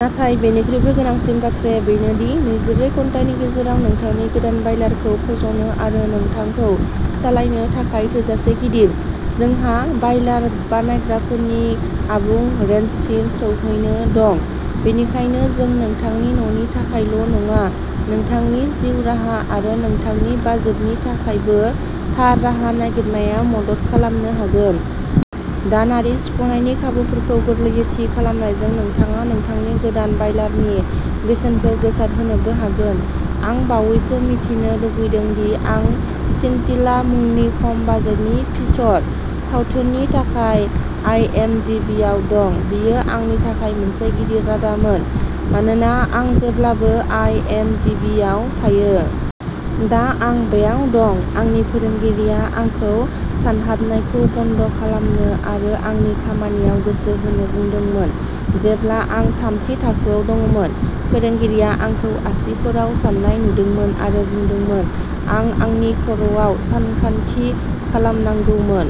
नाथाय बेनिख्रुइबो गोनांसिन बाथ्राया बेनो दि नैजिब्रै घन्टानि गेजेराव नोंथांनि गोदान बायलारखौ फज'नो आरो नोंथांखौ सालायनो थाखाय थोजासे गिदिर। जोंहा बायलार बानायग्राफोरनि आबुं रेन्जसिम सौहैनाय दं, बेनिखायनो जों नोंथांनि न'नि थाखायल' नङा, नोंथांनि जिउ राहा आरो नोंथांनि बाजेटनि थाखायबो थार राहा नागिरनायाव मदद खालामनो हागोन। दानारि सुख'नायनि खाबुफोरखौ गोरलैयै थि खालामनायजों नोंथाङा नोंथांनि गोदान बायलारनि बेसेनखौ गोसारहोनोबो हागोन। आं बावैसो मिथिनो लुबैदों दि आं सिनटिला मुंनि खम बाजेटनि फीचर सावथुननि थाखाय आइएमडिबिआव दं। बेयो आंनि थाखाय मोनसे गिदिर रादामोन, मानोना आं जेब्लाबो आइएमडिबिआव थायो। दा आं बेयाव दं। आंनि फोरोंगिरिआ आंखौ सानहाबनायखौ बन्द' खालामनो आरो आंनि खामानियाव गोसो होनो बुंदोंमोन। जेब्ला आं थामथि थाखोआव दंमोन, फोरोंगिरिया आंखौ आसिफोराव सान्नाय नुदोंमोन आरो बुंदोंमोन। आं आंनि खर'आव सानखान्थि खालामनांगौमोन।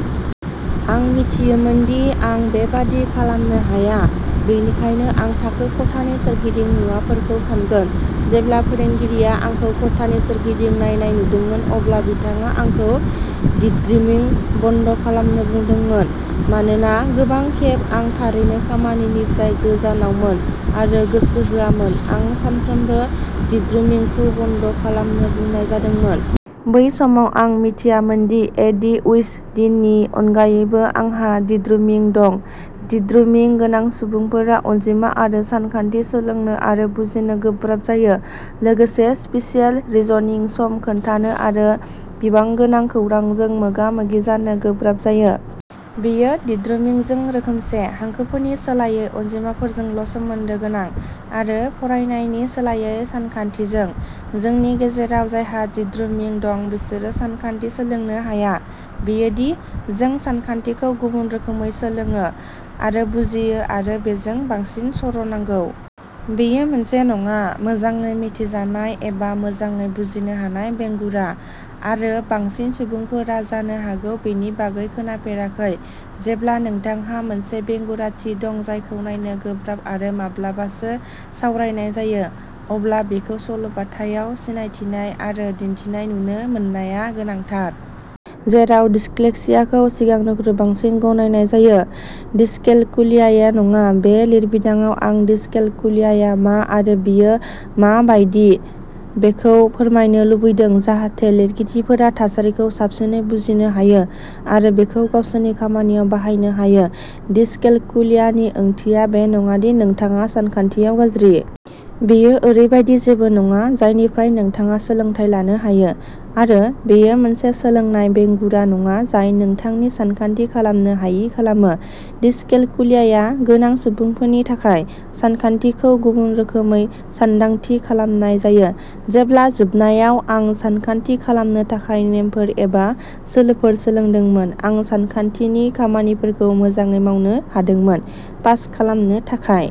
आं मिथियोमोन दि आं बेबादि खालामनो हाया, बेनिखायनो आं थाखो खथानि सोरगिदिं मुवाफोरखौ सानगोन। जेब्ला फोरोंगिरिआ आंखौ खथानि सोरगिदिं नायनाय नुदोंमोन, अब्ला बिथाङा आंखौ दिद्रिमिं बन्द' खालामनो बुंदोंमोन। मानोना गोबां खेब आं थारैनो खामानिनिफ्राय गोजानावमोन आरो गोसो होआमोन, आं सानफ्रोमबो दिद्रुमिंखौ बन्द' खालामनो बुंनाय जादोंमोन। बै समाव आं मिथियामोनदि, ए डि ओइस डि नि अनगायैबो, आंहा दिद्रुमिं दं। दिद्रुमिं गोनां सुबुंफोरा अनजिमा आरो सानखान्थि सोलोंनो आरो बुजिनो गोब्राब जायो, लोगोसे स्पेसियेल रिजनिं, सम खोन्थानो आरो बिबां गोनां खौरांजों मोगा-मोगि जानो गोब्राब जायो। बेयो दिद्रुमिंजों रोखोमसे, हांखोफोरनि सोलायै अनजिमाफोरजोंल' सोमोन्दो गोनां, आरो फरायनायनि सोलायै सानखान्थिजों। जोंनि गेजेराव जायहा दिद्रुमिं दं बिसोरो सानखान्थि सोलोंनो हाया; बेयो दि जों सानखान्थिखौ गुबुन रोखोमै सोलोङो आरो बुजियो आरो बेजों बांसिन सर' नांगौ। बेयो मोनसे नङा। मोजाङै मिथिजानाय एबा मोजाङै बुजिनो हानाय बेंगुरा, आरो बांसिन सुबुंफोरा जानो हागौ बेनि बागै खोनाफेराखै। जेब्ला नोंथांहा मोनसे बेंगुराथि दं जायखौ नायनो गोब्राब आरो माब्लाबासो सावरायनाय जायो, अब्ला बेखौ सल' बाथायाव सिनायथिनाय आरो दिन्थिनाय नुनो मोननाया गोनांथार। जेराव डिस्लेक्सियाखौ सिगांनिख्रुइ बांसिन गनायनाय जायो, डिसकेलकुलियाआ नङा। बे लिरबिदांआव, आं डिसकेलकुलियाआ मा आरो बेयो मा बायदि, बेखौ फोरमायनो लुबैदों, जाहाथे लिरगिरिफोरा थासारिखौ साबसिनै बुजिनो हायो आरो बेखौ गावसोरनि खामानियाव बाहायनो हायो। डिसकेलकुलियानि ओंथिया बे नङा दि नोंथाङा सानखान्थियाव गाज्रि। बेयो ओरैबायदि जेबो नङा जायनिफ्राय नोंथाङा सोलोंथाय लानो हायो। आरो बेयो मोनसे सोलोंनाय बेंगुरा नङा जाय नोंथांखौ सानखान्थि खालामनो हायि खालामो। डिसकेलकुलिया गोनां सुबुंफोरनि थाखाय, सानखान्थिखौ गुबुन रोखोमै सानदांथि खालामनाय जायो। जेब्ला, जोबनायाव, आं सानखान्थि खालामनो थाखाय नेमफोर एबा सोलोफोर सोलोंदोंमोन, आं सानखान्थिनि खामानिफोरखौ मोजाङै मावनो हादोंमोन, पास खालामनो थाखाय।